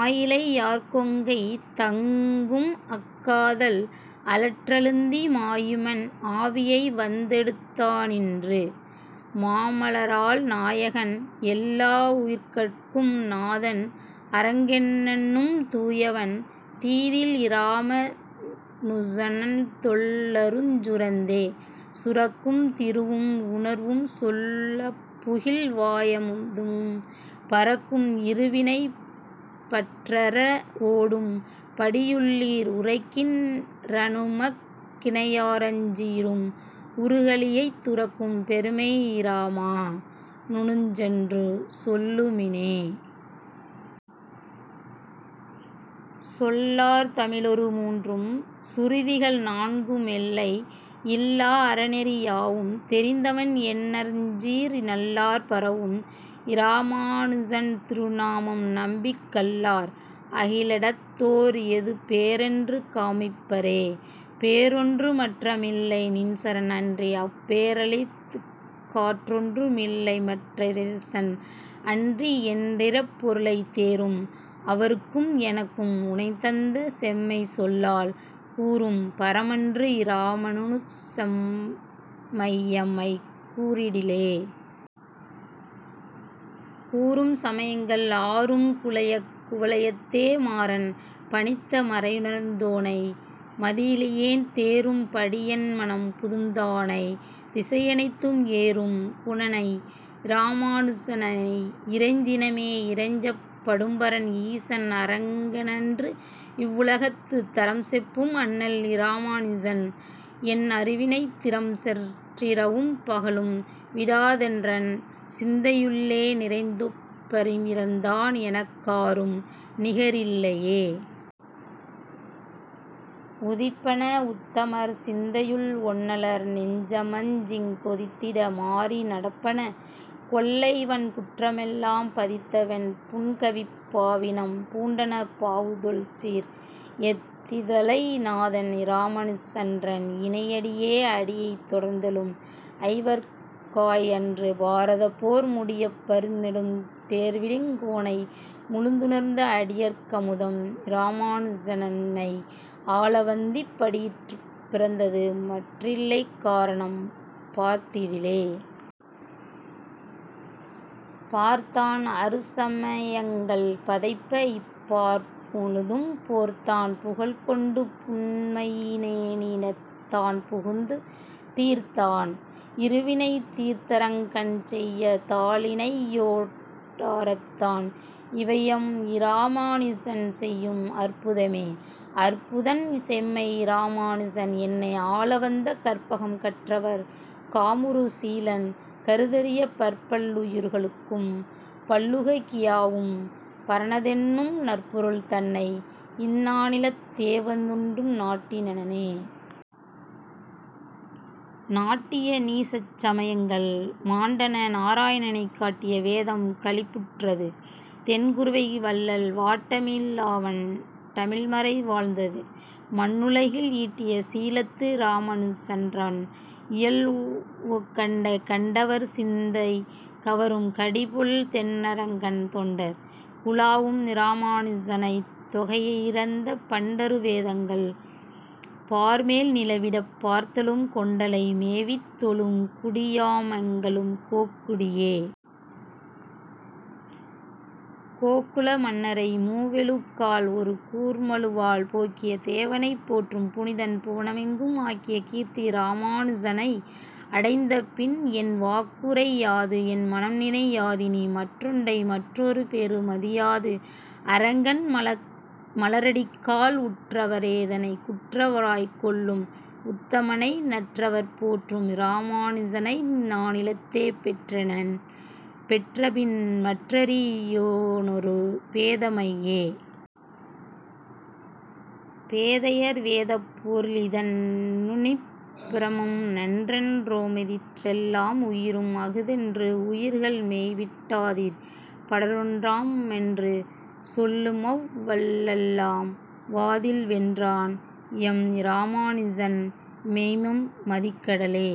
ஆயிழை யார்கொங்கை தங்கும்அக் காதல் அளற்றழுந்தி மாயுமென் ஆவியை வந்தெடுத் தானின்று மாமலராள் நாயகன் எல்லா வுயிர்கட்கும் நாதன் அரங்கனென்னும் தூயவன் தீதில் இராமா னுசன்தொல் லருள்சுரந்தே. சுரக்கும் திருவும் உணர்வும் சொலப்புகில் வாயமுதம் பரக்கும் இருவினை பற்றற வோடும் படியிலுள்ளீர் உரைக்கின் றனனுமக் கியானறஞ் சீறும் உறுகலியைத் துரக்கும் பெருமை இராமா னுனென்று சொல்லுமினே. சொல்லார் தமிழொரு மூன்றும் சுருதிகள் நான்குமெல்லை இல்லா அறநெறி யாவும் தெரிந்தவன் எண்ணருஞ்சீர் நல்லார் பரவும் இராமா னுசன்திரு நாமம் நம்பிக் கல்லார் அகலிடத் தோர், எது பேறென்று காமிப்பரே. பேறொன்று மற்றில்லை நின்சரண் அன்றி, அப் பேறளித்தற் காறொன்று மில்லைமற் றச்சரண் அன்றி, என் றிப்பொருளைத் தேறும் அவர்க்கும் எனக்கும் உனைத்தந்த செம்மைசொல்லால் கூறும் பரமன்று இராமா னுசமெய்ம்மை கூறிடிலே. கூறும் சமயங்கள் ஆறும் குலையக் குவலயத்தே மாறன் பணித்த மரையுணர்ந் தோனை மதியிலியேன் தேறும் படியென் மனம்புதுந் தானைத் திசையனைத்தும் ஏறும் குணனை இராமா னுசனை இறைஞ்சினமே. இறைஞ்சப் படும்பரன் ஈசன் அரங்கனென்று இவ்வுலகத் தறம்செப்பும் அண்ணல் இராமா னுசன், என் அருவினையின் திறம்செற் றிரவும் பகலும் விடாதென்றன் சிந்தையுள்ளே நிறைந்தொப் பறவிருந் தான், எனக் காரும் நிகரில்லையே. உதிப்பன வுத்தமர் சிந்தையுள் ஒன்னலர் நெஞ்சமஞ்சிக் கொதித்திட மாறி நடப்பன கொள்ளைவன் குற்றமெல்லாம் பதித்தவென் புன்கவிப் பாவினம் பூண்டன பாவுதொல்சீர் எதித்தலை நாதன் இராமா னுசன்றன் இணையடியே. அடியைத் தொடர்ந்தெழும் ஐவர்கட் காய்அன்று பாரதப்போர் முடியப் பரிநெடுந் தேர்விடுங் கோனை முழுதுணர்ந்த அடியர்க் கமுதம் இராமா னுசனென்னை ஆளவந்திப் படியிற் பிறந்தது மற்றில்லை காரணம் பார்த்திடிலே. பார்த்தான் அறுசம யங்கள் பதைப்ப, இப் பார்முழுதும் போர்த்தான் புகழ்கொண்டு புன்மையி னேனிடைத் தான்புகுந்து தீர்த்தான் இருவினை தீர்த்தரங் கன்செய்ய தாளிணையோ டார்த்தான் இவையெம் இராமா னுசன்செய்யும் அற்புதமே. அற்புதன் செம்மை இராமா னுசன், என்னை ஆளவந்த கற்பகம் கற்றவர் காமுறு சீலன் கருதரிய பற்பல் லுயிர்களும் பல்லுல கியாவும் பரனதென்னும் நற்பொருள் தன்னை, இந் நானிலத் தேவந்து நாட்டினனே. நாட்டிய நீசச் சமயங்கள் மாண்டன, நாராயணனைக் காட்டிய வேதம் களிப்புற் றது, தென் குருகைவள்ளல் வாட்டமி லாவண் டமிழ்மறை வாழ்ந்தது மண்ணுலகில் ஈட்டிய சீலத்து இராமா னுசன்றன் இயல்வுகண்டே. கண்டவர் சிந்தை கவரும் கடிபொழில் தென்னரங்கன் தொண்டர் குலாவும் இராமா னுசனைத், தொகையிறந்த பண்டரு வேதங்கள் பார்மேல் நிலவிடப் பார்த்தருளும் கொண்டலை மேவித் தொழும், குடி யாமெங்கள் கோக்குடியே. கோக்குல மன்னரை மூவெழு கால், ஒரு கூர்மழுவால் போக்கிய தேவனைப் போற்றும் புனிதன் புவனமெங்கும் ஆக்கிய கீர்த்தி இராமா னுசனை அடைந்தபின்என் வாக்குரை யாது, என் மனம்நினை யாதினி மற்றொன்றையே. மற்றொரு பேறு மதியாது, அரங்கன் மலரடிக்காள் உற்றவ ரேதனக் குற்றவ ராய்க்கொள்ளும் உத்தமனை நற்றவர் போற்றும் இராமா னுசனையிந் நானிலத்தே பெற்றனன் பெற்றபின் மற்றறி யோனொரு பேதைமையே. பேதையர் வேதப் பொருளிதென் னுன்னிப் பிரமம்நன்றென் றோதிமற் றெல்லா உயிரும் அஃதென்று உயிர்கள்மெய்விட் டாதிப் பரனொடொன் றாமென்று சொல்லுமவ் வல்லலெல்லாம் வாதில்வென் றான், எம் இராமா னுசன்மெய்ம் மதிக்கடலே.